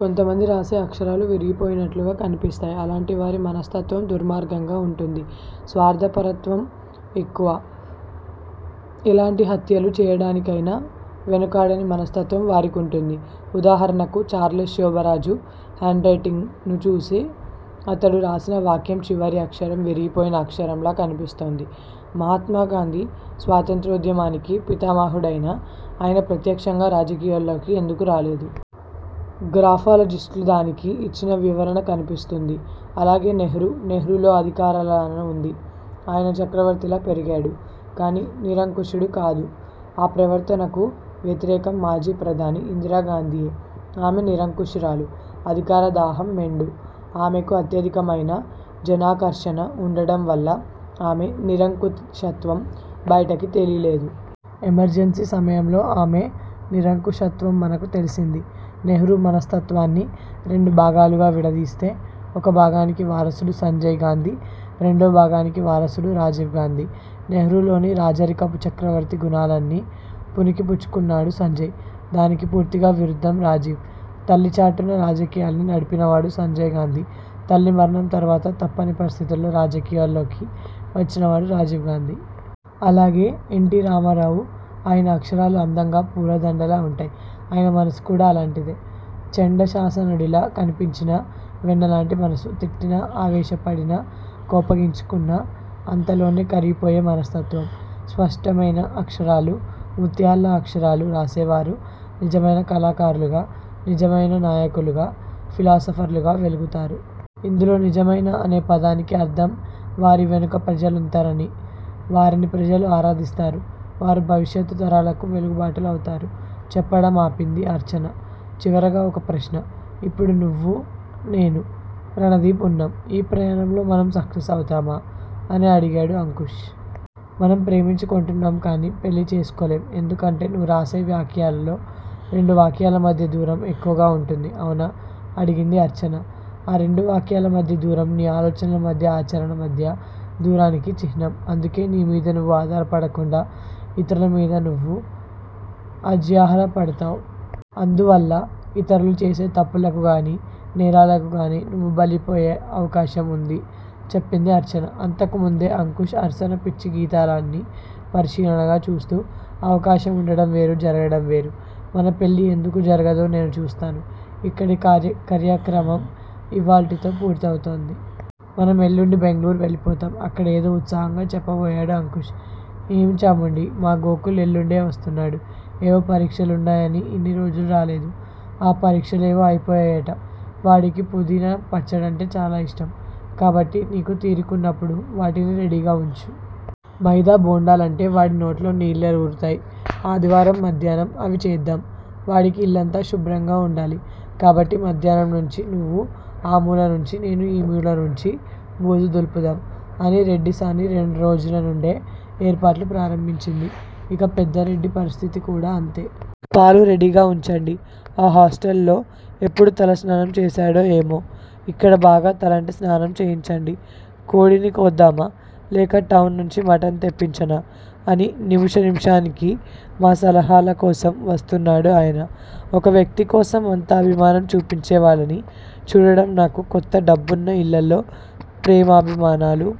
కొంతమంది రాసే అక్షరాలు విరిగిపోయినట్లుగా కనిపిస్తాయి. అలాంటివారి మనస్తత్వం దుర్మార్గంగా వుంటుంది. స్వార్ధపర్వతం ఎక్కువ. ఎలాంటి హత్యలు చేయడానికికయినా వెనుకాడని మనస్తత్వం వారికుంటుంది. ఉదాహారణకు ఛార్లెస్ శోభరాజ హేండ్రైటింగ్ ను చూస్తె అతడు రాసిన వాక్యం చివరి అక్షరం విరిగిపోయిన అక్షరంలా కనిపిస్తోంది. మహాత్మాగాంధీ స్వాతంత్రోధ్యమానికి పితామహుడైన, అయన ప్రత్యక్ష్యంగా రాజకీయాల్లోకి ఎందుకు రాలేదు? గ్రాఫాలజిస్టులుదానికి ఇచ్చిన వివరణ కనిపిస్తుంది. అలాగే నెహ్రూ. నెహ్రూ లో అధికారలాలన వుంది. అయన చక్రవర్తిలా పెరిగాడు. కానీ నిరంకుశుడు కాదు. అ ప్రవర్తనకు వ్యతిరేకం మాజీ ప్రధాని ఇందిరాగాంధీయే. ఆమె నిరంకుశురాలు. అధికార దాహం మెండు. ఆమెకు అత్యధికమైనా జనాకర్షణ వుండడంవల్ల ఆమె నిరంకుశత్వం బయటకి తెలీలేదు. ఎమర్జన్సీ సమయంలో ఆమె నిరంకుశత్వం మనకు తెలిసింది. నెహ్రూ మనస్తత్వాన్ని రెండు భాగాలుగా విడదీస్తే, ఒక భాగానికి వారసుడు సంజయ్ గాంధీ, రేండో భాగానికీ వారసుడు రాజీవ్ గాంధీ. నెహ్రూలోని రాజరికపు చక్రవర్తి గుణాలన్నీ పుణికి పుచ్చుకున్నాడు సంజయ్. దానికి పూర్తిగా విరుద్దం రాజీవ్. తల్లిచాటున రాజకీయాల్ని నడిపినవాడు సంజయ్ గాంధీ తల్లి మరణం తర్వాత తప్పని పరిస్టితుల్లో రాజకీయాల్లోకి వచ్చినవాడు రాజీవ్ గాంధీ. అలాగే ఎన్. టిరామారావు. అయన అక్షరాలు అందంగా, పూలదండలా వుంటాయి. అయన మనసు కూడా అలాంటిదే. చండ శాసననుడిలా కనిపించినా, వెన్నలాంటి మనసు. తిట్టినా, అవేశాపడినా, కోపగించుకున్నా అంతలోనే కరిగిపోయే మనస్తత్వం. స్పష్టమైనా అక్షరాలూ, ముత్యాల్లా అక్షరాలు రాసేవరు నిజమైన కళాకారులుగా, నిజమైన నాయుకులుగా, ఫిలాసఫర్లుగా వెలుగుతారు. ఇందులో నిజమైన అనే పదానికి అర్ధం వారి వెనుక ప్రజలుంతరణి. వారిని ప్రజలు ఆరాధిస్తారు. వారు భవిష్యత్తు తరాలకు వెలుగుబాటలవుతారు చెప్పడం ఆపింది అర్చన. చివరగా ఒక ప్రశ్న. ఇప్పుడు నువ్వు, నేను, రణదీఫ్ వున్నాం ఈ ప్రయాణంలో మనం సక్సెస్ అవుతామా? అని అడిగాడు అంకుష్. మనం ప్రేమించుకొంటున్నాం కానీ పెళ్ళి చేసుకోలేం ఎందుకంటే నువ్వు రాసే వాక్యాల్లో రెండు వాక్యాల మధ్య దూరం ఎక్కువగా వుంటుంది అవునా? అడిగింది అర్చన. ఆ రెండు వాక్యాల మధ్య దూరం నీ ఆలోచనల మధ్య ఆచరణ మధ్యా దూరానికి చిహ్నం అందుకే నీ మీద నువ్వు ఆధారపడకుండా యితురుల మీద నువ్వు అద్జ్హారపడ్డావ్. అందువల్లా ఇతరులు చేసే తప్పులకు గానీ, నేరాలకు గానీ నువ్వు బలిపోయే అవకాశం వుంది చెప్పింది అర్చన అంతకుముందే అంకుష్ అర్సన పిచ్చిగీతాల్నీ పరిశీలనగా చూస్తూ. అవకాశం వుండడం వేరు జరగడం వేరు. మన పెళ్ళి ఎందుకు జరగదో నేను చూస్తాను. ఇక్కడి కర్యాక్రమం ఇవ్వాల్టితో పూర్తవుతోంది. మనం ఎల్లుండి బెంగుళూరు వెళ్ళిపోతాం. అక్కడ ఏదో ఉత్సాహంగా చెప్పబోయాడు అంకుష్. ఏమే చాముండీ! మా గోకుల్ ఎల్లుండే వస్తున్నాడు, ఏవో పరీక్ష లున్నాయని ఇన్ని రోజులు రాలేదు. అ పరీక్షలేవో అయిపోయాయట. వాడికి పుదీనా పచ్చడంటే చాలా ఇష్టం, కాబట్టి నీకు తీరికున్నప్పుడు వాటిని రెడీగా వుంచు. మైదా బోండాలంటే వాడి నోట్లో నీళ్ళూరుతాయి. ఆదివారం మధ్యాహ్నం అవి చేద్దాం. వాడికి ఇల్లంతా శుభ్రంగా వుండాలి. కాబట్టి మధ్యాహ్నం నుంచి నువ్వు ఆ మూలనుంచీ నేను ఈ మూల నుంచి బూజు దులుపుదాం అని రెడ్డిసాని రెండ్రోజుల నుండే ఏర్పాట్లు ప్రారంభించింది. ఇక పెద్ద రెడ్డి పరిస్థితి కూడా అంతే. పాలు రెడీగా వుంచండి. ఆ హాస్టల్ లో ఎప్పుడు తలస్నానం చేశాడో ఏమో! ఇక్కడ బాగా తలంటి స్నానం చేయించండి. కోడిని కోద్దామా? లేక టౌన్ నుంచి మటన్ తెప్పించనా అని నిముష నిముషానికి మా సలహాల కోసం వస్తున్నాడు ఆయన. ఒక వ్యక్తి కోసం అంత అభిమానం చూపించేవాళ్ళని చూడడం నాకు కొత్త డబ్బున్న ఇళ్ళల్లో ప్రేమాభిమానాలు